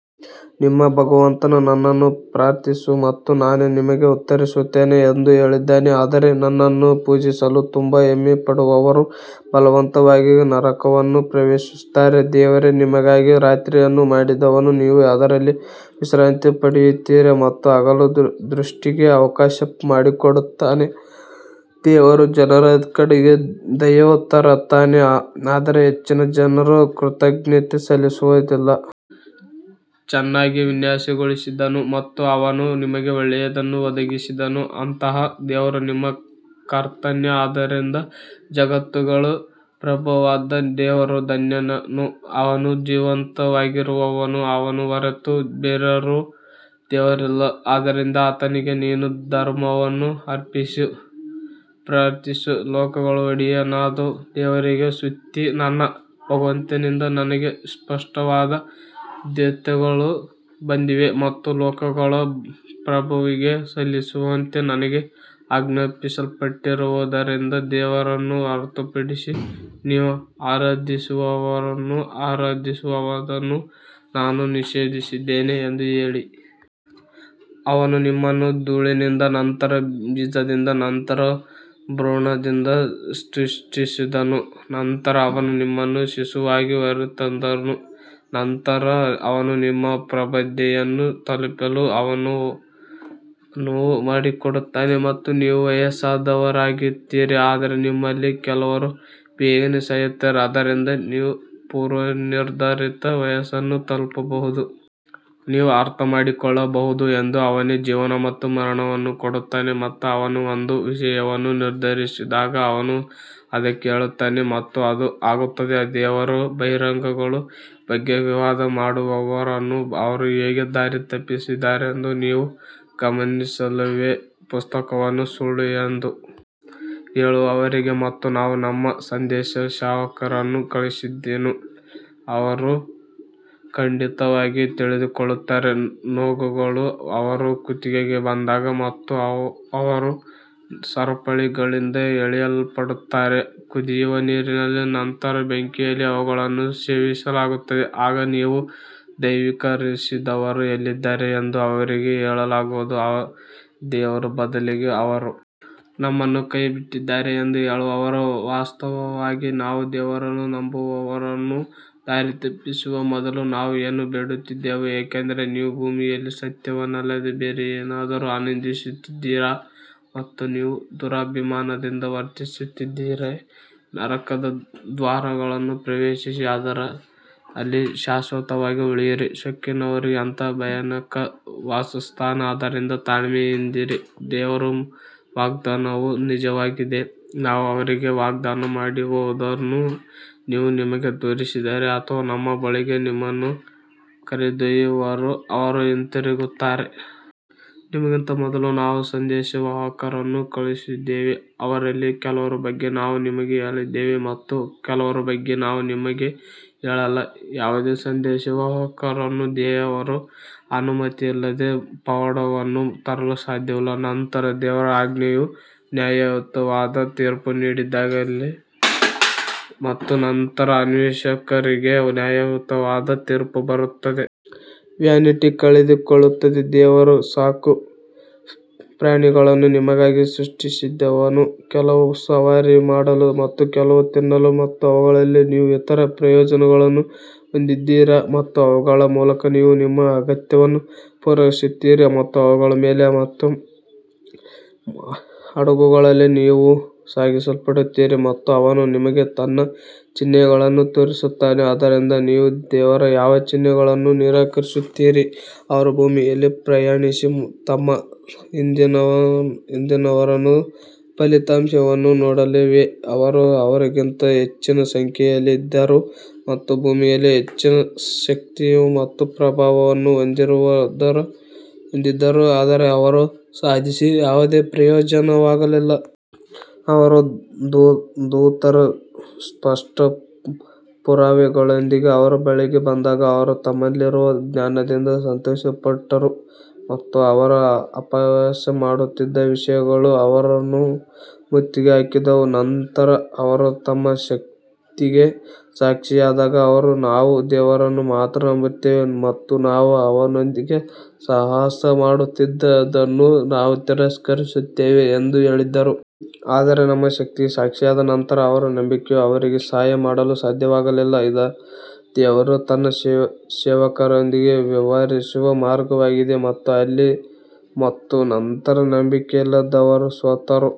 ನಿಮ್ಮ ಭಗವಂತನು ನನ್ನನ್ನು ಪ್ರಾರ್ಥಿಸು ಮತ್ತು ನಾನು ನಿಮಗೆ ಉತ್ತರಿಸುತ್ತೇನೆ ಎಂದು ಹೇಳಿದ್ದಾನೆ ಆದರೆ ನನ್ನನ್ನು ಪೂಜಿಸಲು ತುಂಬಾ ಹೆಮ್ಮೆಪಡುವವರು ಬಲವಂತವಾಗಿ ನರಕವನ್ನು ಪ್ರವೇಶಿಸುತ್ತಾರೆ ದೇವರೇ ನಿಮಗಾಗಿ ರಾತ್ರಿಯನ್ನು ಮಾಡಿದವನು ನೀವು ಅದರಲ್ಲಿ ವಿಶ್ರಾಂತಿ ಪಡೆಯುತ್ತೀರಿ ಮತ್ತು ಹಗಲು ದೃಷ್ಟಿಗೆ ಅವಕಾಶ ಮಾಡಿಕೊಡುತ್ತಾನೆ ದೇವರು ಜನರ ಕಡೆಗೆ ದಯೆತೋರುತ್ತಾನೆ ಆದರೆ ಹೆಚ್ಚಿನ ಜನರು ಕೃತಜ್ಞತೆ ಸಲ್ಲಿಸುವುದಿಲ್ಲ. ಚೆನ್ನಾಗಿ ವಿನ್ಯಾಸಗೊಳಿಸಿದನು ಮತ್ತು ಅವನು ನಿಮಗೆ ಒಳ್ಳೆಯದನ್ನು ಒದಗಿಸಿದನು ಅಂತಹ ದೇವರು ನಿಮ್ಮ ಕರ್ತನೇ ಆದ್ದರಿಂದ ಜಗತ್ತುಗಳ ಪ್ರಭುವಾದ ದೇವರು ಧನ್ಯನು ಅವನು ಜೀವಂತವಾಗಿರುವವನು ಅವನ ಹೊರತು ಬೇರಾವ ದೇವರಿಲ್ಲ ಆದ್ದರಿಂದ ಆತನಿಗೆ ನಿನ್ನ ಧರ್ಮವನ್ನು ಅರ್ಪಿಸಿ ಪ್ರಾರ್ಥಿಸು ಲೋಕಗಳ ಒಡೆಯನಾದ ದೇವರಿಗೆ ಸ್ತುತಿ ನನ್ನ ಭಗವಂತನಿಂದ ನನಗೆ ಸ್ಪಷ್ಟವಾದ ದ್ಯೋತಕಗಳು ಬಂದಿವೆ ಮತ್ತು ಲೋಕಗಳ ಪ್ರಭುವಿಗೆ ಸಲ್ಲಿಸುವಂತೆ ನನಗೆ ಆಜ್ಞಾಪಿಸಲ್ಪಟ್ಟಿರುವುದರಿಂದ ದೇವರನ್ನು ಹೊರತುಪಡಿಸಿ ನೀವು ಆರಾಧಿಸುವವರನ್ನು ಆರಾಧಿಸುವುದನ್ನು ನಾನು ನಿಷೇಧಿಸಿದ್ದೇನೆ ಎಂದು ಹೇಳಿ. ಅವನು ನಿಮ್ಮನ್ನು ಧೂಳಿನಿಂದ ನಂತರ ಬೀಜದಿಂದ ನಂತರ ಭ್ರೂಣದಿಂದ ಸೃಷ್ಟಿಸಿದನು ನಂತರ ಅವನು ನಿಮ್ಮನ್ನು ಶಿಶುವಾಗಿ ಹೊರತಂದನು ನಂತರ ಅವನು ನಿಮ್ಮ ಪ್ರಬುದ್ಧತೆಯನ್ನು ತಲುಪಲು ಅನುವು ಮಾಡಿಕೊಡುತ್ತಾನೆ ಮತ್ತು ನೀವು ವಯಸ್ಸಾದವರಾಗುತ್ತೀರಿ ಆದರೆ ನಿಮ್ಮಲ್ಲಿ ಕೆಲವರು ಬೇಗನೆ ಸಾಯುತ್ತಾರೆ, ಆದ್ದರಿಂದ ನೀವು ಪೂರ್ವನಿರ್ಧರಿತ ವಯಸ್ಸನ್ನು ತಲುಪಬಹುದು. ನೀವು ಅರ್ಥಮಾಡಿಕೊಳ್ಳಬಹುದು ಎಂದು ಅವನೇ ಜೀವನ ಮತ್ತು ಮರಣವನ್ನು ಕೊಡುತ್ತಾನೆ ಮತ್ತು ಅವನು ಒಂದು ವಿಷಯವನ್ನು ನಿರ್ಧರಿಸಿದಾಗ ಅವನು ಅದಕ್ಕೆ ಹೇಳುತ್ತಾನೆ ಮತ್ತು ಅದು ಆಗುತ್ತದೆ ದೇವರ ಬಹಿರಂಗಗಳ ಬಗ್ಗೆ ವಿವಾದ ಮಾಡುವವರನ್ನು ಅವರು ಹೇಗೆ ದಾರಿ ತಪ್ಪಿಸಿದ್ದಾರೆಂದು ನೀವು ಗಮನಿಸಿಲ್ಲವೇ? ಪುಸ್ತಕವನ್ನು ಸುಳ್ಳು ಎಂದು ಹೇಳುವವರಿಗೆ ಮತ್ತು ನಾವು ನಮ್ಮ ಸಂದೇಶವಾಹಕರನ್ನು ಕಳುಹಿಸಿದ್ದನ್ನು ಅವರು ಖಂಡಿತವಾಗಿ ತಿಳಿದುಕೊಳ್ಳುತ್ತಾರೆ ನೊಗಗಳು ಅವರ ಕುತ್ತಿಗೆಗೆ ಬಂದಾಗ ಮತ್ತು ಅವರು ಸರಪಳಿಗಳಿಂದ ಎಳೆಯಲ್ಪಡುತ್ತಾರೆ ಕುದಿಯುವ ನೀರಿನಲ್ಲಿ ನಂತರ ಬೆಂಕಿಯಲ್ಲಿ ಅವುಗಳನ್ನು ಸೇವಿಸಲಾಗುತ್ತದೆ ಆಗ ನೀವು ದೈವೀಕರಿಸಿದವರು ಎಲ್ಲಿದ್ದಾರೆ ಎಂದು ಅವರಿಗೆ ಹೇಳಲಾಗುವುದು ದೇವರ ಬದಲಿಗೆ ಅವರು ನಮ್ಮನ್ನು ಕೈಬಿಟ್ಟಿದ್ದಾರೆ ಎಂದು ಹೇಳುವರು ವಾಸ್ತವವಾಗಿ ನಾವು ದೇವರನ್ನು ನಂಬದವರನ್ನು ದಾರಿತಪ್ಪಿಸುವ ಮೊದಲು ನಾವು ಏನೂ ಬೇಡುತ್ತಿದ್ದೆವು ಏಕೆಂದರೆ ನೀವು ಭೂಮಿಯಲ್ಲಿ ಸತ್ಯವಲ್ಲದೆ ಬೇರೆಯದನ್ನು ಆನಂದಿಸುತ್ತಿದ್ದಿರಿ ಮತ್ತು ನೀವು ದುರಭಿಮಾನದಿಂದ ವರ್ತಿಸುತ್ತಿದ್ದಿರಿ ನರಕದ ದ್ವಾರಗಳನ್ನು ಪ್ರವೇಶಿಸಿ ಅದರಲ್ಲಿ ಶಾಶ್ವತವಾಗಿ ಉಳಿಯಿರಿ ಸೊಕ್ಕಿನವರಿಗೆ ಎಂತಹ ಭಯಾನಕ ವಾಸಸ್ಥಾನ ಆದ್ದರಿಂದ ತಾಳ್ಮೆಯಿಂದಿರಿ ದೇವರ ವಾಗ್ದಾನವು ನಿಜವಾಗಿದೆ ನಾವು ಅವರಿಗೆ ವಾಗ್ದಾನ ಮಾಡಿರುವುದನ್ನು ನಾವು ನಿಮಗೆ ತೋರಿಸಿದರೆ ಅಥವಾ ನಮ್ಮ ಬಳಿಗೆ ನಿಮ್ಮನ್ನು ಕರೆದೊಯ್ದರೂ ಅವರು ಹಿಂತಿರುಗುತ್ತಾರೆ. ನಿಮಗಿಂತ ಮೊದಲು ನಾವು ಸಂದೇಶವಾಹಕರನ್ನು ಕಳುಹಿಸಿದ್ದೇವೆ ಅವರಲ್ಲಿ ಕೆಲವರ ಬಗ್ಗೆ ನಾವು ನಿಮಗೆ ಹೇಳಿದ್ದೇವೆ ಮತ್ತು ಕೆಲವರ ಬಗ್ಗೆ ನಾವು ನಿಮಗೆ ಹೇಳಿಲ್ಲ ಯಾವುದೇ ಸಂದೇಶವಾಹಕನು ದೇವರ ಅನುಮತಿಯಿಲ್ಲದೆ ಪವಾಡವನ್ನು ತರಲು ಸಾಧ್ಯವಿಲ್ಲ ನಂತರ ದೇವರ ಆಜ್ಞೆಯು ನ್ಯಾಯಯುತವಾದ ತೀರ್ಪು ನೀಡಿದಾಗ ಅಲ್ಲಿ ಮತ್ತು ನಂತರ ಅನ್ವೇಷಕರಿಗೆ ನ್ಯಾಯಯುತವಾದ ತೀರ್ಪು ಬರುತ್ತದೆ. ವ್ಯಾನಿಟಿ ಕಳೆದುಕೊಳ್ಳುತ್ತದೆ ದೇವರು ಸಾಕು ಪ್ರಾಣಿಗಳನ್ನು ನಿಮಗಾಗಿ ಸೃಷ್ಟಿಸಿದವನು, ಕೆಲವು ಸವಾರಿ ಮಾಡಲು ಮತ್ತು ಕೆಲವು ತಿನ್ನಲು ಮತ್ತು ಅವುಗಳಲ್ಲಿ ನೀವು ಇತರ ಪ್ರಯೋಜನಗಳನ್ನು ಹೊಂದಿದ್ದೀರಿ ಮತ್ತು ಅವುಗಳ ಮೂಲಕ ನೀವು ನಿಮ್ಮ ಅಗತ್ಯಗಳನ್ನು ಪೂರೈಸುತ್ತೀರಿ ಮತ್ತು ಅವುಗಳ ಮೇಲೆ ಮತ್ತು ಹಡಗುಗಳಲ್ಲಿ ನೀವು ಸಾಗಿಸಲ್ಪಡುತ್ತೀರಿ ಮತ್ತು ಅವನು ನಿಮಗೆ ತನ್ನ ಚಿಹ್ನೆಗಳನ್ನು ತೋರಿಸುತ್ತಾನೆ ಆದ್ದರಿಂದ ನೀವು ದೇವರ ಯಾವ ಚಿಹ್ನೆಗಳನ್ನು ನಿರಾಕರಿಸುತ್ತೀರಿ ಅವರು ಭೂಮಿಯಲ್ಲಿ ಪ್ರಯಾಣಿಸಿ ತಮ್ಮ ಹಿಂದಿನವರ ಫಲಿತಾಂಶವನ್ನು ನೋಡಲಿಲ್ಲವೇ ಅವರು ಅವರಿಗಿಂತ ಹೆಚ್ಚಿನ ಸಂಖ್ಯೆಯಲ್ಲಿದ್ದರು ಮತ್ತು ಭೂಮಿಯಲ್ಲಿ ಹೆಚ್ಚಿನ ಶಕ್ತಿ ಮತ್ತು ಪ್ರಭಾವವನ್ನು ಹೊಂದಿದ್ದರು ಆದರೆ ಅವರು ಸಾಧಿಸಿದ ಯಾವುದೇ ಪ್ರಯೋಜನವಾಗಲಿಲ್ಲ. ಅವರ ದೂತರು ಸ್ಪಷ್ಟ ಪುರಾವೆಗಳೊಂದಿಗೆ ಅವರ ಬಳಿಗೆ ಬಂದಾಗ ಅವರು ತಮ್ಮಲ್ಲಿರುವ ಜ್ಞಾನದಿಂದ ಸಂತೋಷಪಟ್ಟರು ಮತ್ತು ಅವರು ಅಪಹಾಸ್ಯ ಮಾಡುತ್ತಿದ್ದ ವಿಷಯಗಳು ಅವರನ್ನು ಮುತ್ತಿಗೆ ಹಾಕಿದವು. ನಂತರ ಅವರು ನಮ್ಮ ಶಕ್ತಿಗೆ ಸಾಕ್ಷಿಯಾದಾಗ ಅವರು ನಾವು ದೇವರನ್ನು ಮಾತ್ರ ನಂಬುತ್ತೇವೆ ಮತ್ತು ನಾವು ಅವನೊಂದಿಗೆ ಸಹವಾಸ ಮಾಡುತ್ತಿದ್ದುದನ್ನು ನಾವು ತಿರಸ್ಕರಿಸುತ್ತೇವೆ ಎಂದು ಹೇಳಿದರು. ಆದರೆ ನಮ್ಮ ಶಕ್ತಿಗೆ ಸಾಕ್ಷಿಯಾದ ನಂತರ ಅವರ ನಂಬಿಕೆಯು ಅವರಿಗೆ ಸಹಾಯ ಮಾಡಲು ಸಾಧ್ಯವಾಗಲಿಲ್ಲ, ಇದು ದೇವರು ತನ್ನ ಸೇವಕರೊಂದಿಗೆ ವ್ಯವಹರಿಸುವ ಮಾರ್ಗವಾಗಿದೆ ಮತ್ತು ಅಲ್ಲಿ ಮತ್ತು ನಂತರ ನಂಬಿಕೆಯಿಲ್ಲದವರು ಸೋತರು.